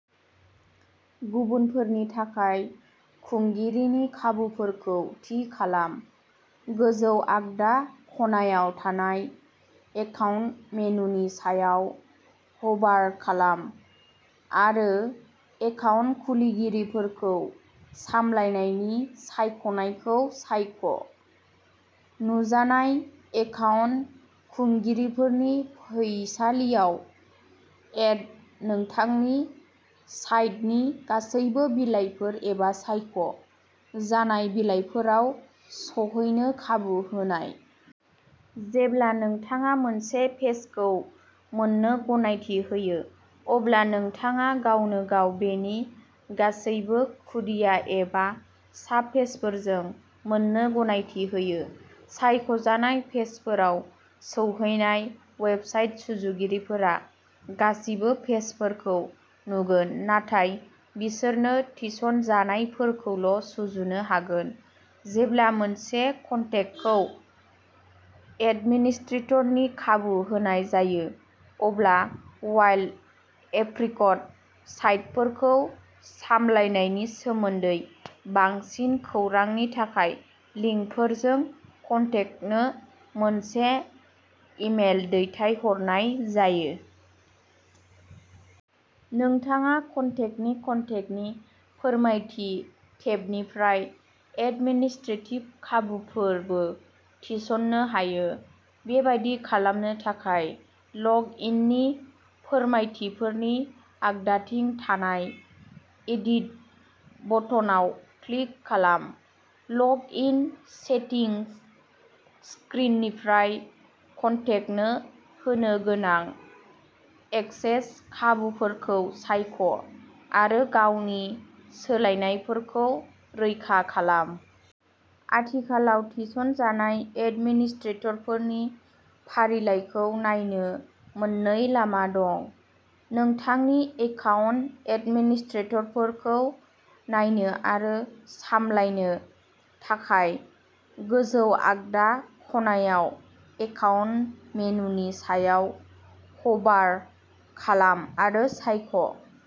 गुबुनफोरनि थाखाय खुंगिरिनि खाबुफोरखौ थि खालाम। गोजौ आगदा खनायाव थानाय एकाउन्ट मेनुनि सायाव हभार खालाम आरो एकाउन्ट खुलिगिरिफोरखौ सामलायनायनि सायख'नायखौ सायख'। नुजानाय एकाउन्ट खुंगिरिफोरनि फैसालियाव, एड नोंथांनि साइटनि गासैबो बिलाइफोर एबा सायख'जानाय बिलाइफोराव सहैनो खाबु होनाय। जेब्ला नोंथाङा मोनसे पेजखौ मोननो गनायथि होयो, अब्ला नोंथाङा गावनो गाव बेनि गासैबो खुदिया एबा साबपेजफोरखौ मोन्नो गनायथि होयो। सायख'जानाय पेजफोराव सौहैनाय वेबसाइट सुजुगिरिफोरा गासिबो पेजफोरखौ नुगोन नाथाय बिसोरनो थिसनजानायफोरखौल' सुजुनो हागोन। जेब्ला मोनसे कन्टेक्टखौ एडमिनिस्ट्रेटरनि खाबु होनाय जायो, अब्ला वाइल्ड एप्रिकट साइटफोरखौ सामलायनायनि सोमोन्दै बांसिन खौरांनि थाखाय लिंकफोरजों कन्टेक्टनो मोनसे इमेल दैथायहरनाय जायो। नोंथाङा कन्टेक्टनि कन्टेक्टनि फोरमायथि टेबनिफ्राय एडमिनिस्ट्रेटिभ खाबुफोरबो थिसन्नो हायो। बेबादि खालामनो थाखाय, लग इननि फोरमायथिफोरनि आगदाथिं थानाय एडिट बटनाव क्लिक खालाम। लग इन सेटिंस स्क्रिननिफ्राय, कन्टेक्टनो होनो गोनां एक्सेस खाबुफोरखौ सायख' आरो गावनि सोलायनायफोरखौ रैखा खालाम। आथिखालाव थिसनजानाय एडमिनिस्ट्रेटरफोरनि फारिलाइखौ नायनो मोननै लामा दं। नोंथांनि एकाउन्ट एडमिनिस्ट्रेटरफोरखौ नायनो आरो सामलायनो थाखाय, गोजौ आगदा खनायाव एकाउन्ट मेनुनि सायाव हभार खालाम आरो सायख'।